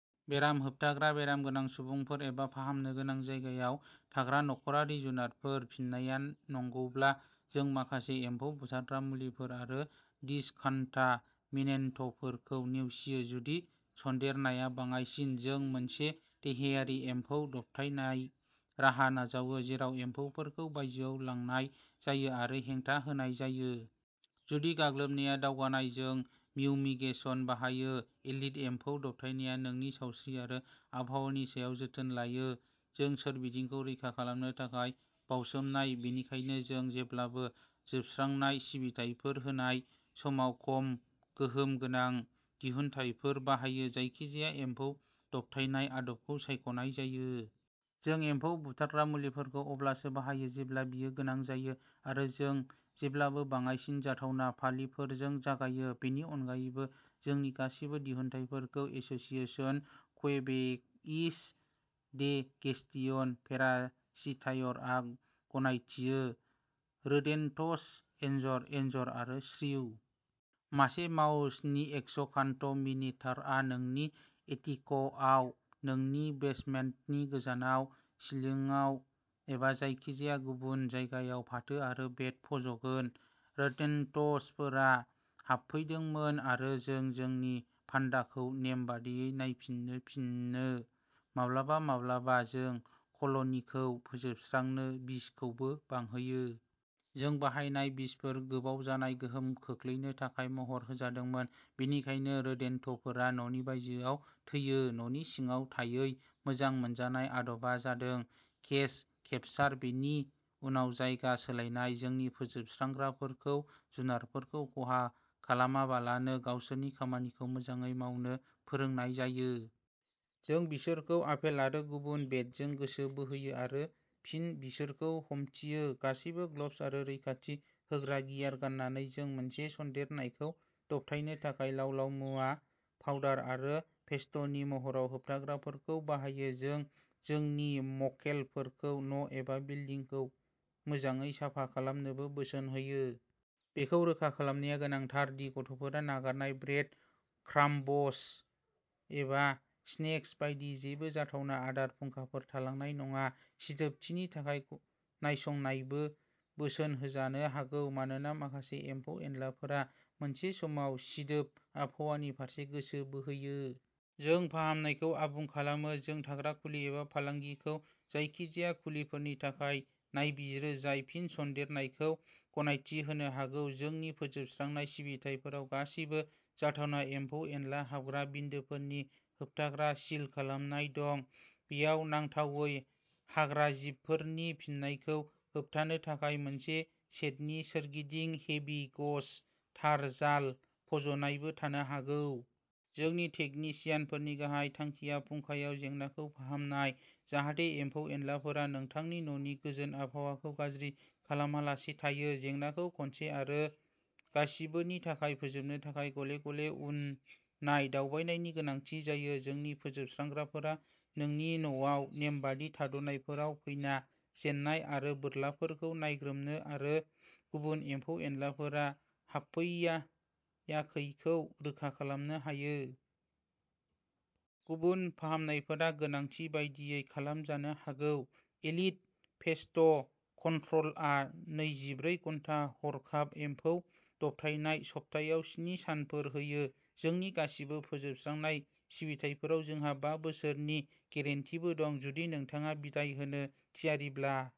बेराम होबथाग्रा बेराम गोनां सुबुंफोर एबा फाहामनो गोनां जायगायाव थाग्रा नखरारि जुनारफोर फिननाया नंगौब्ला, जों माखासे एम्फौ बुथारग्रा मुलिफोर आरो दिसकन्टामिनेन्टफोरखौ नेवसियो। जुदि सन्देरनाया बाङायसिन, जों मोनसे देहायारि एम्फौ दबथायनाय राहा नाजावो, जेराव एम्फौफोरखौ बायजोआव लांनाय जायो आरो हेंथा होनाय जायो। जुदि गाग्लोबनाया दावगानाय, जों फिउमिगेसन बाहायो। एलिट एम्फौ दबथायनाया नोंनि सावस्रि आरो आबहावानि सायाव जोथोन लायो। जों सोरबिथिंखौ रैखा खालामनो थाखाय बाउसोमनाय, बेनिखायनो जों जेब्लाबो फोजोबस्रांनाय सिबिथायफोर होनाय समाव खम गोहोम गोनां दिहुनथायफोर बाहायो, जायखिजाया एम्फौ दबथायनाय आदबखौ सायख'नाय जायो। जों एम्फौ बुथारग्रा मुलिफोरखौ अब्लासो बाहायो जेब्ला बेयो गोनां जायो, आरो जों जेब्लाबो बाङायसिन जाथावना फालिफोरजों जागायो। बेनि अनगायैबो, जोंनि गासैबो दिहुनथायफोरखौ एस'सिएशन क्वेबेक'इज दे गेस्टियन पेरासिटायरआ गनायथियो। रोदेन्टस एनजर, एनजर आरो श्रिउ। मासे माउसनि एक्सकन्टामिनेटरआ नोंनि एटिकआव, नोंनि बेसमेन्टनि गोजावनाय सिलिंआव एबा जायखिजाया गुबुन जायगायाव फाथो आरो बेट फज'गोन। रोदेन्टफोरा हाबफैदोंमोन आरो जों जोंनि फान्दाखौ नेमबादियै नायफिन्नो फैफिनो। माब्लाबा माब्लाबा, जों कल'निखौ फोजोबस्रांनो बिसखौबो बाहायो। जों बाहायनाय बिसफोरा गोबाव जानाय गोहोम खोख्लैनो थाखाय महर होजादोंमोन, बेनिखायनो रोदेन्टफोरा न'नि बायजोआव थैयो न'नि सिङाव थायै। मोजां मोनजानाय आदबा जादों केज-केपसार, बेनि उनाव जायगा सोलायनाय। जोंनि फोजोबस्रांग्राफोरखौ जुनारफोरखौ खहा खालामालाबानो गावसोरनि खामानिखौ मोजाङै मावनो फोरोंनाय जायो। जों बिसोरखौ आपेल आरो गुबुन बेटजों गोसो बोहोयो आरो फिन बिसोरखौ हमथियो, गासैबो ग्लब्स आरो रैखाथि होग्रा गियार गाननानै। जों मोनसे सन्देरनायखौ दबथायनो थाखाय लाव-लाव मुवा, पाउडार आरो पेस्टनि महराव होबथाग्राफोरखौ बाहायो। जों जोंनि मक्केलफोरखौ न' एबा बिल्दिंखौ मोजाङै साफा खालामनोबो बोसोन होयो। बेखौ रोखा खालामनाया गोनांथार दि गथ'फोरा नागारनाय ब्रेड क्राम्ब्स एबा स्नेक्स बायदि जेबो जाथावना आदार फुंखाफोर थालांनाय नङा। सिदोबथिनि थाखाय नायसंनायबो बोसोन होजानो हागौ, मानोना माखासे एम्फौ-एनलाफोरा मोनसे समाव सिदोब आबहावानि फारसे गोसो बोहोयो। जों फाहामनायखौ आबुं खालामो, जों थाग्रा खुलि एबा फालांगिखौ जायखिजाया खुलिफोरनि थाखाय नायबिजिरो जाय फिन-सन्देरनायखौ गनायथि होनो हागौ। जोंनि फोजोबस्रांनाय सिबिथाइफोराव गासैबो जाथावना एम्फौ-एनला हाबग्रा बिन्दोफोरनि होबथाग्रा सिल खालामनाय दं; बेयाव नांथावै हाग्राजिबफोरनि फैफिन्नायखौ होबथानो थाखाय मोनसे सेडनि सोरगिदिं हेभि-गेज तार जाल फज'नायबो थानो हागौ। जोंनि तेकनिसियानफोरनि गाहाय थांखिया फुंखायाव जेंनाखौ फाहामनाय, जाहाथे एम्फौ-एनलाफोरा नोंथांनि न'नि गोजोन आबहावाखौ गाज्रि खालामालासे थायो। जेंनाखौ खनसे आरो गासिबोनि थाखाय फोजोबनो थाखाय, गले-गले उन-नाय दावबायनायनि गोनांथि जायो। जोंनि फोजोबस्रांग्राफोरा नोंनि न'आव नेमबादि थाद'नायफोराव फैना जेन्नाय आरो बोरलाफोरखौ नायग्रोमनो आरो गुबुन एम्फौ-एनलाफोरा हाबफैाखैखौ रोखा खालामनो हायो। गुबुन फाहामनायफोरा गोनांथि बायदियै खालामजानो हागौ। एलिट पेस्ट कन्ट्र'लआ नैजिब्रै घन्टा हरखाब एम्फौ दबथायनाय, सप्तायाव स्नि सानफोर होयो। जोंनि गासिबो फोजोबस्रांनाय सिबिथाइफोराव जोंहा बा बोसोरनि गेरेन्टीबो दं। जुदि नोंथाङा बिदाइ होनो थियारिब्ला।